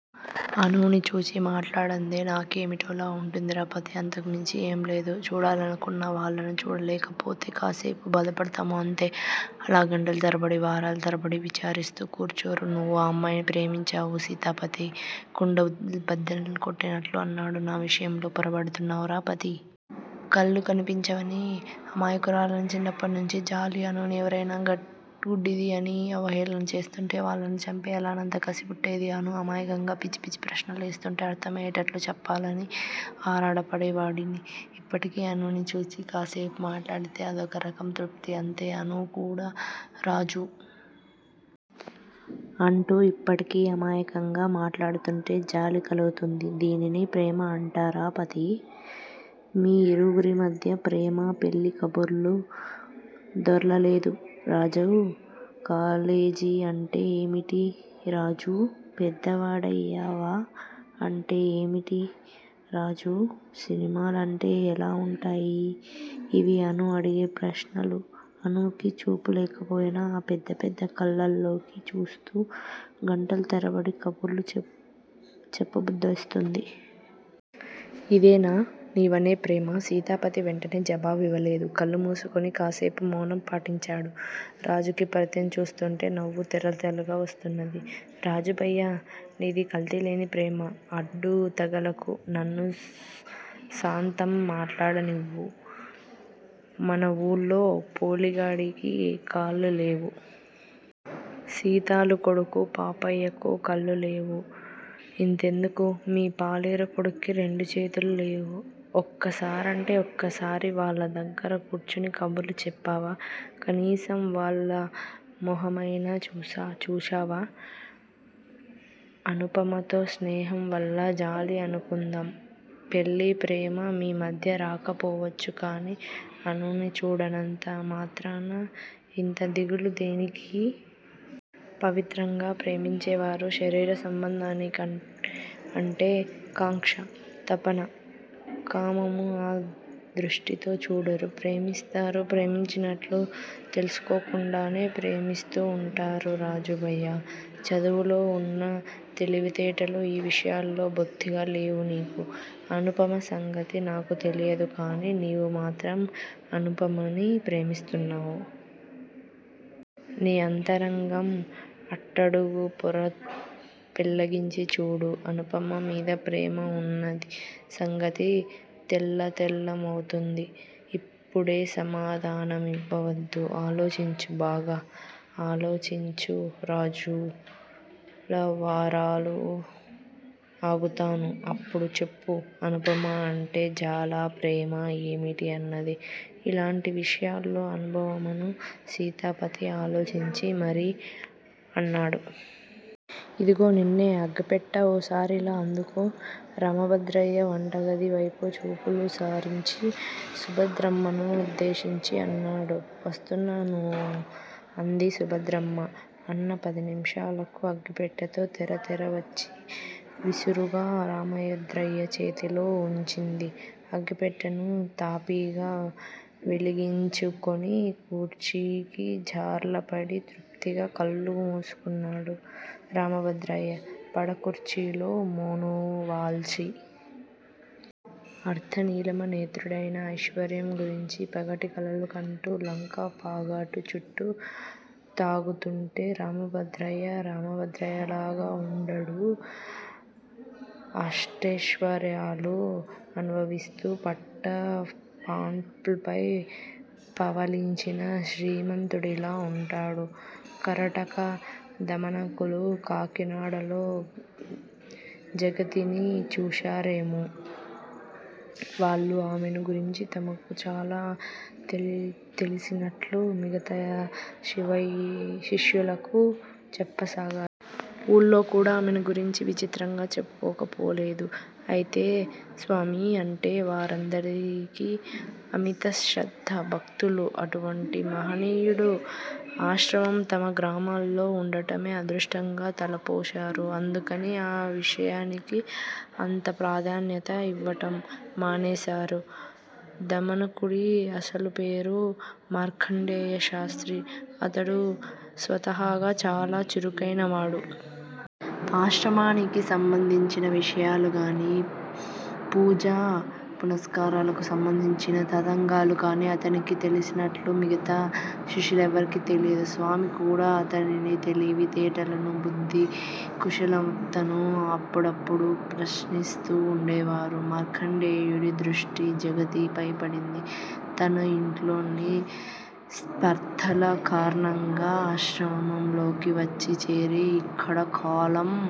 అనూని చూచి మాట్లాడందే నాకేమిటోలా వుంటుందిరా పతీ! అంతకు మించి ఏం లేదు. చూడాలనుకున్న వాళ్ళను చూడలేకపోతే కాసేపు బాదపడతాము అంతే, అలా గంటలు తరబడి వారల తరబడి విచారిస్తు కూర్చోరు. నువ్వు ఆ అమ్మాయిని ప్రేమించావు. సీతాపతి కుండ బద్దలు కొట్టినట్లు అన్నాడు. నా విషయంలో పొరబడుతున్నావురా పతీ! కళ్లు కనిపంచవని అమాయకురాలని, చిన్నప్పటి నుంచీ జాలి. అనూని ఎవరైనా గుడ్డిది అని అవహేళన చేస్తుంటే, వాళ్ళను చంపెయ్యాలన్నంత కసి పుట్టేది. అనూ అమాయకంగా పిచ్చి పిచ్చి ప్రశ్నలేస్తుంటే అర్థమయ్యేటట్లు చెప్పాలని ఆరాటపడేవాడని. ఇప్పటికీ అనూని చూచి కాసేపు మాట్లాడితే అదోక రకం తృప్తి అంతే, అనూ కూడ రాజూ! అంటూ ఇప్పటికీ అమాయకంగా మాట్లాడుతుంటే జాలి కలుగుతుంది దీనినే ప్రేమ అంటారా పతీ? మీ ఇరువురి మధ్య ప్రేమా, పెళ్లి కబురు దొర్లలేదు. రాజూ! కాలేజీ అంటే ఏమటి? రాజూ! పెద్దవాడివయ్యావా? అంటే ఏమిటి? రాజూ సినిమా లంటె ఎలా ఉంటాయి? ఇవీ అనూ అడిగే ప్రశ్నలు, అనూకి చూపు లేకపోయినా ఆ పెద్ద పెద్ద కళ్లల్లోకి చూస్తు గంటల తరబడి కబుర్లు చెప్పబుద్దేస్తుంది. ఇదేనా నీవనే ప్రేమ? సీతాపతి వెంటనే జవాబు ఇవ్వలేదు. కళ్ళుమూసుకుని కాసేపు మౌనం పాటించాడు. రాజుకి పతిని చూస్తుంటే నవ్వు తెరలు తెరలుగా వస్తున్నది. రాజూ భయ్యా! నీది కల్తీలేని ప్రేమ, అడ్డు తగలకు, నన్ను సాంతం మాట్లాడనివ్వు, మన వూళ్ళో పోలి గాడికి కాళ్ళు లేవు. సీతాలు కొడుకు పాపయ్యకు కళ్ళు లేవు. ఇంతెందుకు మీ పాలేరు కొడుక్కి రెండు చేతులు లేవు. ఒక్కసారంటే ఒక్కసారి వాళ్ళ దగ్గర కూర్చుని కబుర్లు చెప్పావా? కనీసం వాళ్ళ మొహమయినా చూచావా? అనుపమతో స్నేహం వల్ల జాలి అనుకుందాం, పెళ్ళి ప్రేమ మీ మధ్య రాకపోవచ్చు కానీ అనూని చూడనంత మాత్రాన ఇంత దిగులు దేనికి? పవిత్రంగా ప్రేమించేవారు శరీర సంబంధానికి అంటే కాంక్ష, తపన. కామము ఆ దృష్టితో చూడరు. ప్రేమిస్తారు, ప్రేమిస్తున్నట్లు తెలుసుకోకుండానే ప్రేమిస్తూ వుంటారు రాజూ భయ్యా! చదవులో వున్న తెలివితేటలు ఈ విషయాల్లో బొత్తిగా లేవు నీకు అనుపమా సంగతి నాకు తెలియదు కాని, నీవు మాత్రం అనుపమని ప్రేమిస్తున్నావు. నీ అంతరంగం అట్టడుగుపొర పెళ్ళగించి చూడు. అనుపమ మీద ప్రేమ వున్న సంగతి తేల్లతెల్లమవుతుంది. ఇప్పుడే సమాధాన మివ్వవద్దు. ఆలోచించు బాగా ఆలోచించు. రాజులు, వారాలు ఆగుతాను, అప్పుడు చెప్పు. అనుపమ అంటే జాలా? ప్రేమా? ఏమిటీ అన్నది! ఇలాంటి విషయాలలో అనుభవమున్న సీతాపతి ఆలోచించి మరీ అన్నాడు. ఇదిగో నిన్నే! అగ్గిపెట్టె ఓసారిలా అందుకో. రామభద్రయ్య వంటగది వైపు చూపులు సారించి సుభద్రమ్మనుద్దేశించి అన్నాడు. వస్తున్నాను అంది సుభద్రమ్మ. అన్న పదినిమిషాలకు అగ్గిపెట్టెతో చర చర వచ్చి విసురుగా రామభద్రయ్య చేతిలో వుంచింది అగ్గి పెట్టెను. తాపీగా వెలిగించుకుని కుర్చీకి జార్ల పడి తృప్తిగా కళ్ళు మూసుకున్నాడు రామభద్రయ్య పడకూర్చీలో మేనువాల్చి. అర్దనీలిమ నేత్రుడయిన, ఐశ్వర్యం గురించి పగటి కలలు కంటూ లంక పొగాకు చుట్ట తాగుతుంటే రామభద్రయ్య, రామభద్రయ్యలాగా వుండడు. అష్టెశ్వర్యాలు అనుభవిస్తూ పట్టు పాన్సుపై పవళించిన శ్రీమంతుడిలా వుంటాడు. కరటక, దమనకులు కాకినాడలో జగతిని చూశారాయె! వాళ్ళు ఆమెని గురించి తమకు చాలా తెలిసినట్లు మిగతా శిష్యులకు చెప్పసాగారు. ఊళ్ళో కూడా ఆమెను గురించి విచిత్రంగా చెప్పుకోకపోలేదు. అయితే స్వామి అంటే వారందరికీ అమిత శ్రద్ధా భక్తులు. అటువంటి మహనీయుడి ఆశ్రమం తమ గ్రామంలో వుండటమే అదృష్టంగా తలపోశారు. అందుకని ఆ విషయానికి అంత ప్రాధాన్యత యివ్వటం మానేశారు. దమనకుడి అసలుపేరు మార్కండేయశాస్త్రి. అతడు స్వతహాగా చాలా చురుకైనవాడు. ఆశ్రమానికి సంబంధించిన విషయాలుగానీ, పూజా పునస్కారాలకు సబంధించిన తతంగాలు కానీ అతనికి తెలిసినట్లు మిగతా శిష్యులెవరికీ తెలియదు. స్వామికూడా అతని తెలివి తేటలనూ, బుద్ధి కుశలతనూ అప్పుడప్పుడు ప్రశంసిస్తూ వుండేవారు. మార్కండేయుడి దృష్టి జగతిపై పడింది. తను యింట్లోని స్పర్థల కారణంగా ఆశ్రమంలోకి వచ్చి చేరి యిక్కడ కాలం